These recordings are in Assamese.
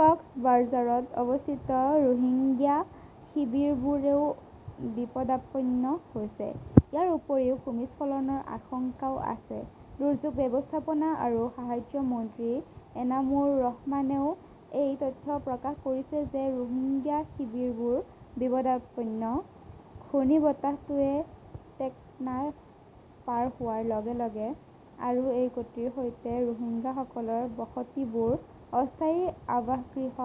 কক্সবাঝাৰত অৱস্থিত ৰোহিংগ্যা শিবিৰবোৰো বিপদাপন্ন হৈছে। ইয়াৰ উপৰিও ভূমিস্খলনৰ আশংকাও আছে। দুৰ্যোগ ব্যৱস্থাপনা আৰু সাহায্য মন্ত্ৰী এনামুৰ ৰহমানেও এই তথ্য প্ৰকাশ কৰিছে যে ৰোহিংগ্যা শিবিৰবোৰ বিপদাপন্ন। "ঘূৰ্ণীবতাহটোৱে টেকনাফ পাৰ হোৱাৰ লগে লগে আৰু এই গতিৰ সৈতে, ৰোহিংগাসকলৰ বসতিবোৰ অস্থায়ী আৱাসগৃহ,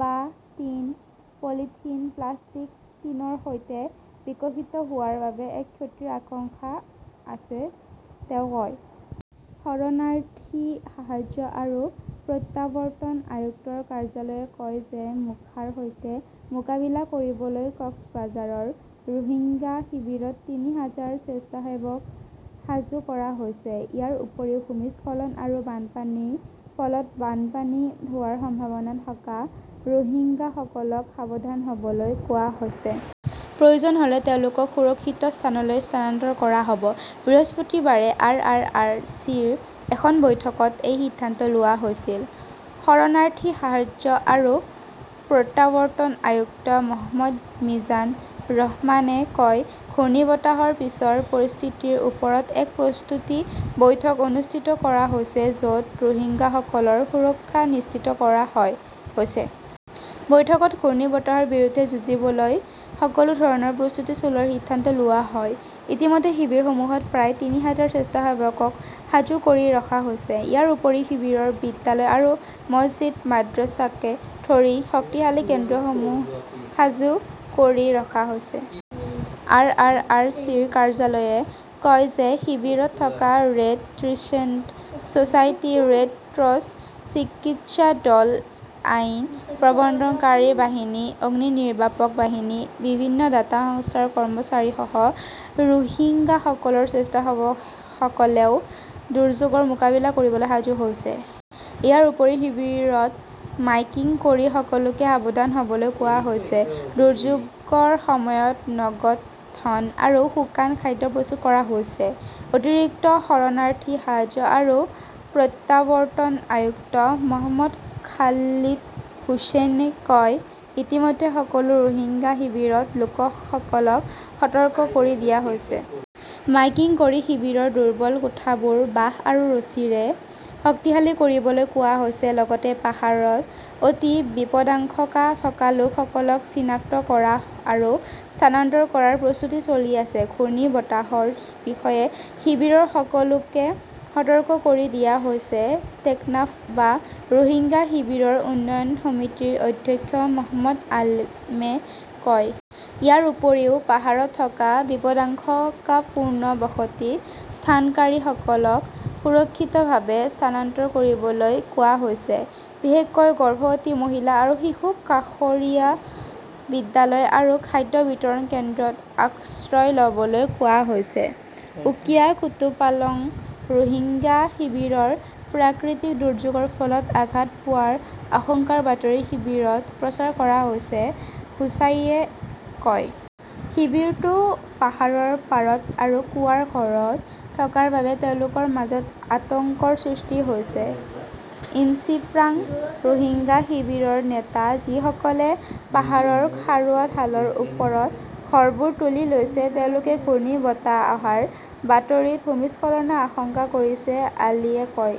বাঁহ, টিন, পলিথিন, প্লাষ্টিক টিনৰ সৈতে বিকশিত হোৱাৰ বাবে-এক ক্ষতিৰ আশংকা আছে", তেওঁ কয়। শৰণাৰ্থী সাহায্য আৰু প্ৰত্যাৱৰ্তন আয়ুক্তৰ কাৰ্যালয়ে কয় যে মোখাৰ সৈতে মোকাবিলা কৰিবলৈ কক্সবাজাৰৰ ৰোহিংগ্যা শিবিৰত তিনি হাজাৰ স্বেচ্ছাসেৱক সাজু কৰা হৈছে। ইয়াৰ উপৰিও, ভূমিস্খলন আৰু বানপানীৰ ফলত বানপানী হোৱাৰ সম্ভাৱনা থকা ৰোহিংগাসকলক সাৱধান হ'বলৈ কোৱা হৈছে। প্ৰয়োজন হ'লে তেওঁলোকক সুৰক্ষিত স্থানলৈ স্থানান্তৰ কৰা হ'ব। বৃহস্পতিবাৰে আৰ. আৰ. আৰ. চি. ৰ এখন বৈঠকত এই সিদ্ধান্ত লোৱা হৈছিল। শৰণাৰ্থী সাহায্য আৰু প্ৰত্যাৱৰ্তন আয়ুক্ত মহম্মদ মিজান ৰহমানে কয়, ঘূৰ্ণীবতাহৰ পিছৰ পৰিস্থিতিৰ ওপৰত এক প্ৰস্তুতি বৈঠক অনুষ্ঠিত কৰা হৈছে, য'ত ৰোহিংগাসকলৰ সুৰক্ষা নিশ্চিত কৰা হৈছে। বৈঠকত ঘূৰ্ণীবতাহৰ বিৰুদ্ধে যুঁজিবলৈ সকলো ধৰণৰ প্ৰস্তুতি চলোৱাৰ সিদ্ধান্ত লোৱা হয়। ইতিমধ্যে শিবিৰসমূহত প্ৰায় তিনি হাজাৰ স্বেচ্ছাসেৱকক সাজু কৰি ৰখা হৈছে। ইয়াৰ উপৰিও শিবিৰৰ বিদ্যালয় আৰু মছজিদ মাদ্ৰাছাকে ধৰি শক্তিশালী কেন্দ্ৰসমূহ সাজু কৰি ৰখা হৈছে। আৰ. আৰ. আৰ. চি. ৰ কাৰ্যালয়ে কয় যে শিবিৰত থকা red crescent society, red cross, চিকিৎসা দল, আইন প্ৰৱৰ্তনকাৰী বাহিনী, অগ্নিনিৰ্বাপক বাহিনী, বিভিন্ন দাতা সংস্থাৰ কৰ্মচাৰীসহ ৰোহিংগাসকলৰ স্বেচ্ছাসেৱকসকলেও দুৰ্যোগৰ মোকাবিলা কৰিবলৈ সাজু হৈছে। ইয়াৰ উপৰিও শিবিৰত মাইকিং কৰি সকলোকে সাৱধান হ'বলৈ কোৱা হৈছে। দুৰ্যোগৰ সময়ত নগদ ধন আৰু শুকান খাদ্য প্ৰস্তুত কৰা হৈছে। অতিৰিক্ত শৰণাৰ্থী সাহায্য আৰু প্ৰত্যাৱৰ্তন আয়ুক্ত মহম্মদ খালিদ হুচেইনে কয়, ইতিমধ্যে সকলো ৰোহিংগ্যা শিবিৰত লোকসকলক সতৰ্ক কৰি দিয়া হৈছে। মাইকিং কৰি শিবিৰৰ দুৰ্বল কোঠাবোৰ বাঁহ আৰু ৰছীৰে শক্তিশালী কৰিবলৈ কোৱা হৈছে। লগতে পাহাৰত অতি বিপদাশংকা থকা লোকসকলক চিনাক্ত কৰা আৰু স্থানান্তৰ কৰাৰ প্ৰস্তুতি চলি আছে। ঘূৰ্ণীবতাহৰ বিষয়ে শিবিৰৰ সকলোকে সতৰ্ক কৰি দিয়া হৈছে, টেকনাফ বা ৰোহিংগ্যা শিবিৰৰ উন্নয়ন সমিতিৰ অধ্যক্ষ মহম্মদ আলমে কয়। ইয়াৰ উপৰিও পাহাৰত থকা বিপদাশংকাপূৰ্ণ বসতি স্থানকাৰীসকলক সুৰক্ষিতভাৱে স্থানান্তৰ কৰিবলৈ কোৱা হৈছে। বিশেষকৈ গৰ্ভৱতী মহিলা আৰু শিশুক কাষৰীয়া বিদ্যালয় আৰু খাদ্য বিতৰণ কেন্দ্ৰত আশ্ৰয় ল'বলৈ কোৱা হৈছে। উকিয়া কুতুপালং ৰোহিংগ্যা শিবিৰৰ প্ৰাকৃতিক দুৰ্যোগৰ ফলত আঘাত পোৱাৰ আশংকাৰ বাতৰি শিবিৰত প্ৰচাৰ কৰা হৈছে, হোচাইয়ে কয়। শিবিৰটো পাহাৰৰ পাৰত আৰু কুঁৱাৰ ঘৰত থকাৰ বাবে তেওঁলোকৰ মাজত আতংকৰ সৃষ্টি হৈছে। ইনচিপ্ৰাং ৰোহিংগ্যা শিবিৰৰ নেতা যিসকলে পাহাৰৰ খাৰুৱা ঢালৰ ওপৰত ঘৰবোৰ তুলি লৈছে তেওঁলোকে ঘূৰ্ণীবতাহ অহাৰ বাতৰিত ভূমিস্খলনৰ আশংকা কৰিছে, আলীয়ে কয়।